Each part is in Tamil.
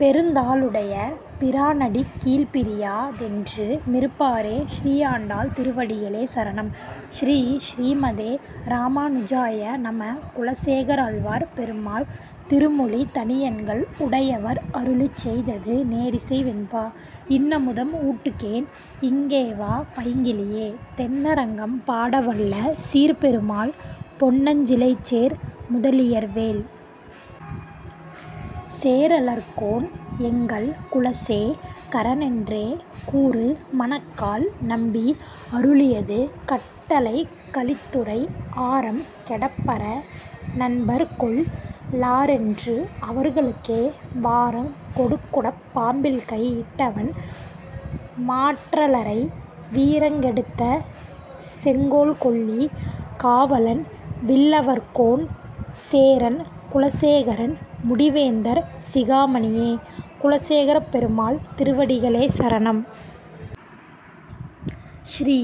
பெருந்தா ளுடைய பிரானடிக்கீழ்ப் பிரியா தென்று மிருப்பாரே. ஸ்ரீ ஆண்டாள் திருவடிகளே சரணம் ஸ்ரீ: ஸ்ரீமதே ராமாநுஜாய நம: குலசேகராழ்வார் பெருமாள் திருமொழி தனியன்கள் உடயவர் அருளிச் செய்தது நேரிசை வெண்பா இன்னமுதம் ஊட்டுகேன் இங்கேவா பைங்கிளியே தென்னரங்கம் பாடவல்ல சீர்ப்பெருமாள் பொன்னஞ் சிலைசேர் நுதலியர்வேள் சேரலர்கோன் எங்கள் குலசே கரனென்றே கூறு மணக்கால் நம்பி அருளியது கட்டளைக் கலித்துறை ஆரம் கெடப்பர னன்பர்கொள் ளாரென்று அவர்களுக்கே வாரங் கொடுகுடப் பாம்பில்கை யிட்டவன் மாற்றலரை வீரங் கெடுத்தசெங் கோல்கொல்லி காவலன் வில்லவர்கோன் சேரன் குலசே கரன்முடி வேந்தர் சிகாமணியே குலசேகரப்பெருமாள் திருவடிகளே சரணம் ஸ்ரீ: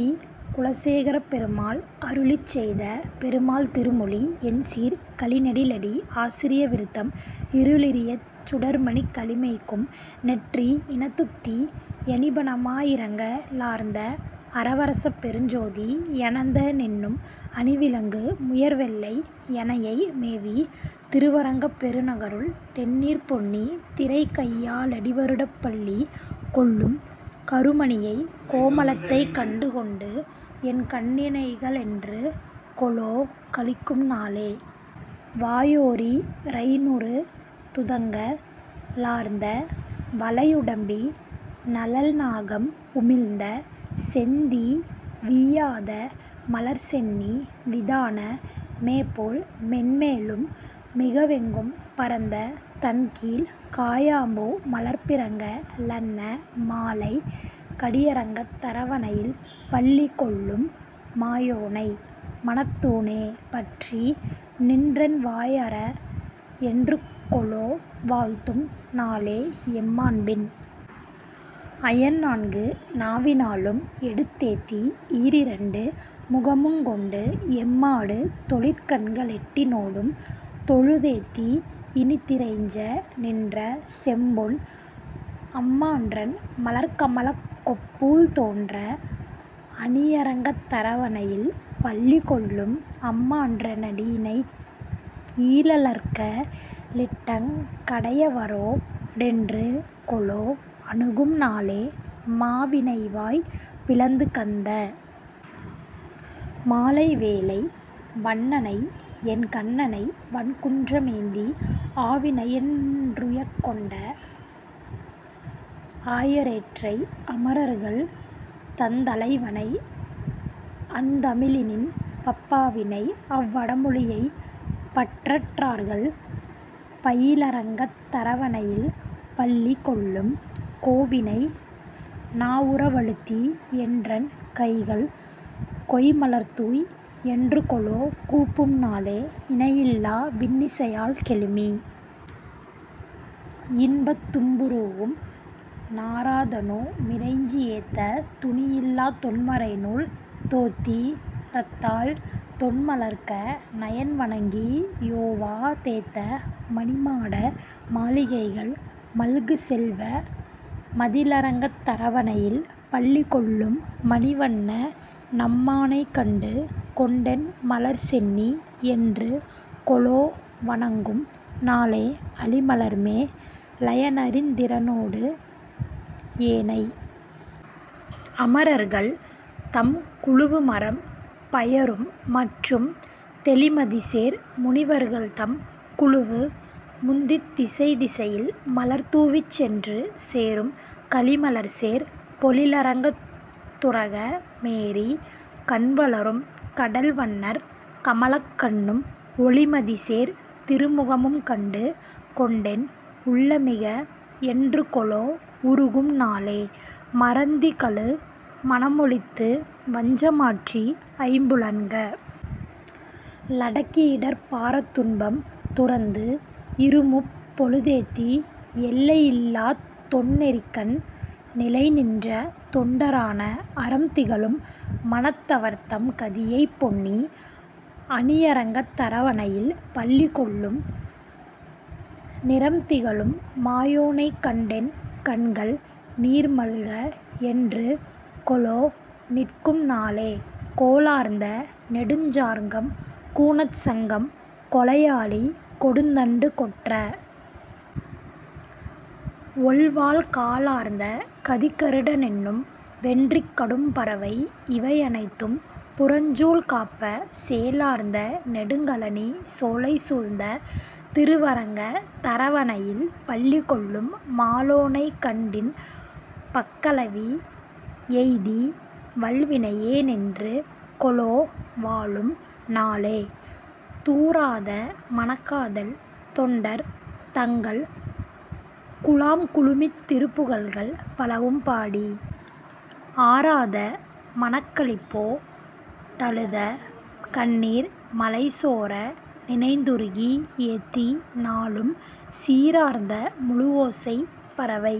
குலசேகரப்பெருமாள் அருளிச்செய்த பெருமாள் திருமொழி எண்சீர்க் கழிநெடிலடி ஆசிரிய விருத்தம் இருளிரியச் சுடர்மணிக ளிமைக்கும் நெற்றி இனத்துத்தி யணிபணமா யிரங்க ளார்ந்த அரவரசப் பெருஞ்சோதி யனந்த னென்னும் அணிவிளங்கு முயர்வெள்ளை யணையை மேவி திருவரங்கப் பெருநகருள் தெண்ணீர்ப் பொன்னி திரைக்கையா லடிவருடப் பள்ளி கொள்ளும் கருமணியைக் கோமளத்தைக் கண்டு கொண்டு என் கண்ணிணைக ளென்றுகொலோ களிக்கும் நாளே. வாயோரீ ரைஞ்நுறு துதங்க ளார்ந்த வளையுடம்பி னழல்நாகம் உமிழ்ந்த செந்தீ வீயாத மலர்ச்சென்னி விதான மேபோல் மேன்மேலும் மிகவெங்கும் பரந்த தன்கீழ் காயாம்பூ மலர்ப்பிறங்க லன்ன மாலைக் கடியரங்கத் தரவணையில் பள்ளி கொள்ளும் மாயோனை மணத்தூணே பற்றி நின்றென் வாயார என்றுகொலோ வாழ்த்தும் நாளே எம்மாண்பின் அயன்நான்கு நாவி னாலும் எடுத்தேத்தி ஈரிரண்டு முகமுங் கொண்டு எம்மாடு மெழிற்கண்க ளெட்டி னோடும் தொழுதேத்தி யினிதிறைஞ்ச நின்ற செம்பொன் அம்மான்றன் மலர்க்கமலக் கொப்பூழ் தோன்ற அணியரங்கத் தரவணையில் பள்ளி கொள்ளும் அம்மான்ற னடியிணைக்கீ ழலர்க ளிட்டங் கடியவரோ டென்றுகொலோ அணுகும் நாளே மாவினைவாய் பிளந்துகந்த மாலை வேலை வண்ணணைஎன் கண்ணணைவன் குன்ற மேந்தி ஆவினையன் றுயக்கொண்ட ஆய ரேற்றை அமரர்கள்தந் தலைவனைஅந் தமிழி னின்பப் பாவினைஅவ் வடமொழியைப் பற்றற் றார்கள் பயிலரங்கத் தரவணையில் பள்ளி கொள்ளும் கோவினைநா வுறவழுத்தி என்றன் கைகள் கொய்ம்மலர்தூய் என்றுகொலோ கூப்பும் நாளே இணையில்லா வின்னிசையாழ் கெழுமி யின்பத் தும்புருவும் நாரதனு மிறைஞ்சி யேத்த துணியில்லாத் தொன்மறைநூல் தோத்தி ரத்தால் தொன்மலர்க்க ணயன்வணங்கி யோவா தேத்த மணிமாட மாளிகைகள் மல்கு செல்வ மதிளரங்கத் தரவணையில் பள்ளி கொள்ளும் மணிவண்ண ம்மானைக் கண்டு கொண்டென் மலர்சென்னி யென்றுகொலோ வணங்கும் நாளே அளிமலர்மே லயனரனிந் திரனோடு ஏனை அமரர்கள்தம் குழுவுமரம் பையரும் மற்றும் தெளிமதிசேர் முனிவர்கள்தம் குழுவு முந்தித் திசைதிசையில் மலர்தூவிச் சென்று சேரும் களிமலர்சேர் பொழிலரங்கத் துரக மேறிக் கண்வளரும் கடல்வண்ணர் கமலக் கண்ணும் ஒளிமதிசேர் திருமுகமும் கண்டு கொண்டென் உள்ளமிக என்றுகொலோ வுருகும் நாளே மறந்திகழு மனமொழித்து வஞ்ச மாற்றி ஐம்புலன்க ளடக்கியிடர்ப் பாரத் துன்பம் துறந்து, இருமுப் பொழுதேத்தி யெல்லை யில்லாத் தொன்னெறிக்கண் நிலைநின்ற தொண்டரான அறம்திகழும் மனத்தவர்தம் கதியைப் பொன்னி அணியரங்கத் தரவணையில் பள்ளி கொள்ளும் நிறம்திகழும் மாயோனைக் கண்டென் கண்கள் நீர்மல்க என்றுகொலோ நிற்கும் நாளே கோலார்ந்த நெடுஞ்சார்ங்கம் கூனற் சங்கம் கொலையாழி கொடுந்தண்டு கொற்ற வொள்வாள் காலார்ந்த கதிக்கருட னென்னும் வென்றிக் கடும்பறவை யிவையனைத்தும் புறஞ்சூழ் காப்ப சேலார்ந்த நெடுங்கழனி சோலை சூழ்ந்த திருவரங்க தரவணையில் பள்ளி கொள்ளும் மாலோனைக் கண்டின்பக் கலவி யெய்தி வல்வினையே னென்றுகொலோ வாழும் நாளே தூராத மனக்காதல் தொண்டர் தங்கள் குழாம்குழுமித் திருப்புகழ்கள் பலவும் பாடி ஆராத மனக்களிப்போ டழுத கண்ணீர் மழைசோர நினைந்துருகி யேத்தி நாளும் சீரார்ந்த முழுவோசை பரவை